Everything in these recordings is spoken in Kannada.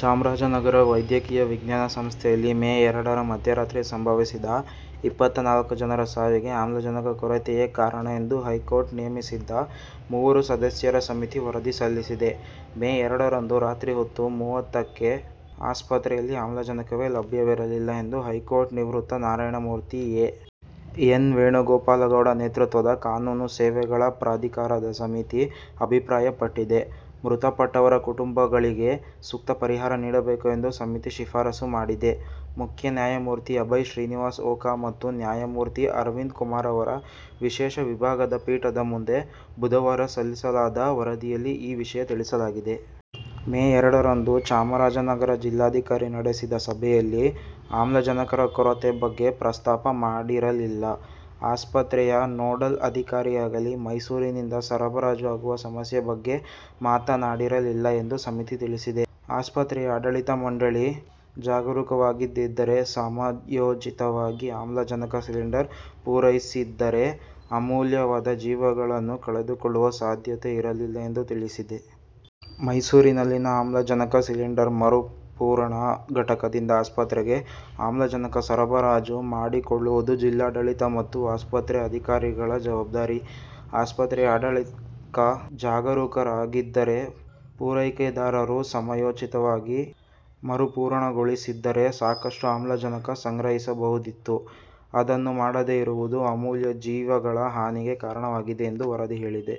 ಚಾಮರಾಜನಗರ ವೈದ್ಯಕೀಯ ವಿಜ್ಞಾನ ಸಂಸ್ಥೆಯಲ್ಲಿ ಮೇ ಎರಡರ ಮಧ್ಯರಾತ್ರಿ ಸಂಭವಿಸಿದ ಇಪ್ಪತ್ತ ನಾಲ್ಕು ಜನರ ಸಾವಿಗೆ ಆಮ್ಲಜನಕ ಕೊರತೆಯೇ ಕಾರಣ ಎಂದು ಹೈಕೋರ್ಟ್ ನೇಮಿಸಿದ್ದ ಮೂವರು ಸದಸ್ಯರ ಸಮಿತಿ ವರದಿ ಸಲ್ಲಿಸಿದೆ. ಮೇ ಎರಡರಂದು ರಾತ್ರಿ ಹತ್ತು ಮೂವತ್ತಕ್ಕೆ ಆಸ್ಪತ್ರೆಯಲ್ಲಿ ಆಮ್ಲಜನಕವೇ ಲಭ್ಯವಿರಲಿಲ್ಲ' ಎಂದು ಹೈಕೋರ್ಟ್ ನಿವೃತ್ತ ನ್ಯಾಯಮೂರ್ತಿ ಎ. ಎನ್. ವೇಣುಗೋಪಾಲಗೌಡ ನೇತೃತ್ವದ ಕಾನೂನು ಸೇವೆಗಳ ಪ್ರಾಧಿಕಾರದ ಸಮಿತಿ ಅಭಿಪ್ರಾಯಪಟ್ಟಿದೆ. ಮೃತಪಟ್ಟವರ ಕುಟುಂಬಗಳಿಗೆ ಸೂಕ್ತ ಪರಿಹಾರ ನೀಡಬೇಕು ಎಂದು ಸಮಿತಿ ಶಿಫಾರಸು ಮಾಡಿದೆ. ಮುಖ್ಯ ನ್ಯಾಯಮೂರ್ತಿ ಅಭಯ್ ಶ್ರೀನಿವಾಸ್ ಓಕಾ ಮತ್ತು ನ್ಯಾಯಮೂರ್ತಿ ಅರವಿಂದ್ ಕುಮಾರ್ ಅವರ ವಿಶೇಷ ವಿಭಾಗದ ಪೀಠದ ಮುಂದೆ ಬುಧವಾರ ಸಲ್ಲಿಸಲಾದ ವರದಿಯಲ್ಲಿ ಈ ವಿಷಯ ತಿಳಿಸಲಾಗಿದೆ. ಮೇ ಎರಡರಂದು ಚಾಮರಾಜನಗರ ಜಿಲ್ಲಾಧಿಕಾರಿ ನಡೆಸಿದ ಸಭೆಯಲ್ಲಿ ಆಮ್ಲಜನಕರ ಕೊರತೆ ಬಗ್ಗೆ ಪ್ರಸ್ತಾಪ ಮಾಡಿರಲಿಲ್ಲ, ಆಸ್ಪತ್ರೆಯ ನೋಡಲ್ ಅಧಿಕಾರಿಯಾಗಲಿ ಮೈಸೂರಿನಿಂದ ಸರಬರಾಜು ಆಗುವ ಸಮಸ್ಯೆ ಬಗ್ಗೆ ಮಾತನಾಡಿರಲಿಲ್ಲ ಎಂದು ಸಮಿತಿ ತಿಳಿಸಿದೆ. ಆಸ್ಪತ್ರೆಯ ಆಡಳಿತ ಮಂಡಳಿ ಜಾಗರೂಕವಾಗಿದಿದ್ದರೇ ಸಮಯೋಚಿತವಾಗಿ ಆಮ್ಲಜನಕ ಸಿಲಿಂಡರ್ ಪೂರೈಸಿದ್ದರೆ ಅಮೂಲ್ಯವಾದ ಜೀವಗಳನ್ನು ಕಳೆದುಕೊಳ್ಳುವ ಸಾಧ್ಯತೆ ಇರಲಿಲ್ಲ ಎಂದು ತಿಳಿಸಿದೆ. 'ಮೈಸೂರಿನಲ್ಲಿನ ಆಮ್ಲಜನಕ ಸಿಲಿಂಡರ್ ಮರುಪೂರಣ ಘಟಕದಿಂದ ಆಸ್ಪತ್ರೆಗೆ ಆಮ್ಲಜನಕ ಸರಬರಾಜು ಮಾಡಿಕೊಳ್ಳುವುದು ಜಿಲ್ಲಾಡಳಿತ ಮತ್ತು ಆಸ್ಪತ್ರೆ ಅಧಿಕಾರಿಗಳ ಜವಾಬ್ದಾರಿ. ಆಸ್ಪತ್ರೆಯ ಆಡಳಿತ ಜಾಗರೂಕರಾಗಿದ್ದರೆ, ಪೂರೈಕೆದಾರರು ಸಮಯೋಚಿತವಾಗಿ ಮರುಪೂರಣಗೊಳಿಸಿದ್ದರೆ ಸಾಕಷ್ಟು ಆಮ್ಲಜನಕ ಸಂಗ್ರಹಿಸಬಹುದಿತ್ತು. ಅದನ್ನು ಮಾಡದೆ ಇರುವುದು ಅಮೂಲ್ಯ ಜೀವಗಳ ಹಾನಿಗೆ ಕಾರಣವಾಗಿದೆ' ಎಂದು ವರದಿ ಹೇಳಿದೆ.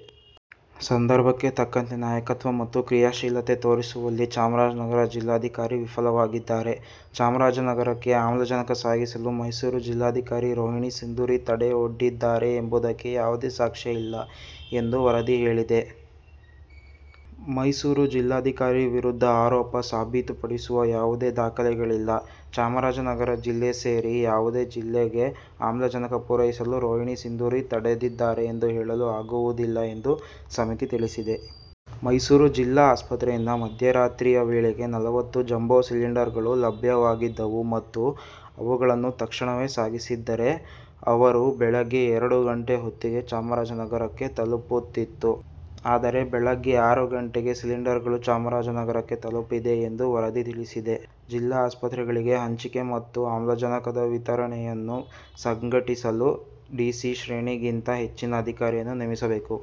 'ಸಂದರ್ಭಕ್ಕೆ ತಕ್ಕಂತೆ ನಾಯಕತ್ವ ಮತ್ತು ಕ್ರಿಯಾಶೀಲತೆ ತೋರಿಸುವಲ್ಲಿ ಚಾಮರಾಜನಗರ ಜಿಲ್ಲಾಧಿಕಾರಿ ವಿಫಲವಾಗಿದ್ದಾರೆ. ಚಾಮರಾಜನಗರಕ್ಕೆ ಆಮ್ಲಜನಕ ಸಾಗಿಸಲು ಮೈಸೂರು ಜಿಲ್ಲಾಧಿಕಾರಿ ರೋಹಿಣಿ ಸಿಂಧೂರಿ ತಡೆ ಒಡ್ಡಿದ್ದಾರೆ ಎಂಬುದಕ್ಕೆ ಯಾವುದೇ ಸಾಕ್ಷ್ಯ ಇಲ್ಲ' ಎಂದು ವರದಿ ಹೇಳಿದೆ. ಮೈಸೂರು ಜಿಲ್ಲಾಧಿಕಾರಿ ವಿರುದ್ಧ ಆರೋಪ ಸಾಬೀತುಪಡಿಸುವ ಯಾವುದೇ ದಾಖಲೆಗಳಿಲ್ಲ. ಚಾಮರಾಜನಗರ ಜಿಲ್ಲೆ ಸೇರಿ ಯಾವುದೇ ಜಿಲ್ಲೆಗೆ ಆಮ್ಲಜನಕ ಪೂರೈಸಲು ರೋಹಿಣಿ ಸಿಂಧೂರಿ ತಡೆದಿದ್ದಾರೆ ಎಂದು ಹೇಳಲು ಆಗುವುದಿಲ್ಲ ಎಂದು ಸಮಿತಿ ತಿಳಿಸಿದೆ. ಮೈಸೂರು ಜಿಲ್ಲಾ ಆಸ್ಪತ್ರೆಯಿಂದ ಮಧ್ಯರಾತ್ರಿಯ ವೇಳೆಗೆ ನಲವತ್ತು ಜಂಬೋ ಸಿಲಿಂಡರ್ಗಳು ಲಭ್ಯವಾಗಿದ್ದವು ಮತ್ತು ಅವುಗಳನ್ನು ತಕ್ಷಣವೇ ಸಾಗಿಸಿದ್ದರೆ, ಅವರು ಬೆಳಿಗ್ಗೆ ಎರಡು ಗಂಟೆಯ ಹೊತ್ತಿಗೆ ಚಾಮರಾಜನಗರಕ್ಕೆ ತಲುಪುತ್ತಿತ್ತು. ಆದರೆ ಬೆಳಿಗ್ಗೆ ಆರು ಗಂಟೆಗೆ ಸಿಲಿಂಡರ್ಗಳು ಚಾಮರಾಜನಗರಕ್ಕೆ ತಲುಪಿದೆ ಎಂದು ವರದಿ ತಿಳಿಸಿದೆ. ಜಿಲ್ಲಾ ಆಸ್ಪತ್ರೆಗಳಿಗೆ ಹಂಚಿಕೆ ಮತ್ತು ಆಮ್ಲಜನಕದ ವಿತರಣೆಯನ್ನು ಸಂಘಟಿಸಲು ಡಿಸಿ ಶ್ರೇಣಿಗಿಂತ ಹೆಚ್ಚಿನ ಅಧಿಕಾರಿಯನ್ನು ನೇಮಿಸಬೇಕು.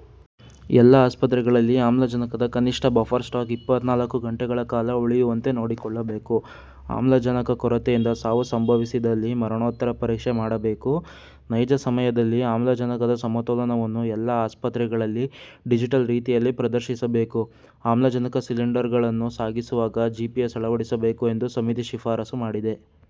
ಎಲ್ಲಾ ಆಸ್ಪತ್ರೆಗಳಲ್ಲಿ ಆಮ್ಲಜನಕದ ಕನಿಷ್ಠ ಬಫರ್ ಸ್ಟಾಕ್ ಇಪ್ಪತ್ತ ನಾಲ್ಕು ಗಂಟೆಗಳ ಕಾಲ ಉಳಿಯುವಂತೆ ನೋಡಿಕೊಳ್ಳಬೇಕು. ಆಮ್ಲಜನಕ ಕೊರತೆಯಿಂದ ಸಾವು ಸಂಭವಿಸಿದಲ್ಲಿ ಮರಣೋತ್ತರ ಪರೀಕ್ಷೆ ಮಾಡಬೇಕು, ನೈಜ ಸಮಯದಲ್ಲಿ ಆಮ್ಲಜನಕದ ಸಮತೋಲನವನ್ನು ಎಲ್ಲಾ ಆಸ್ಪತ್ರೆಗಳಲ್ಲಿ ಡಿಜಿಟಲ್ ರೀತಿಯಲ್ಲಿ ಪ್ರದರ್ಶಿಸಬೇಕು. ಆಮ್ಲಜನಕ ಸಿಲಿಂಡರ್ಗಳನ್ನು ಸಾಗಿಸುವಾಗ ಜಿಪಿಎಸ್ ಅಳವಡಿಸಬೇಕು ಎಂದು ಸಮಿತಿ ಶಿಫಾರಸು ಮಾಡಿದೆ.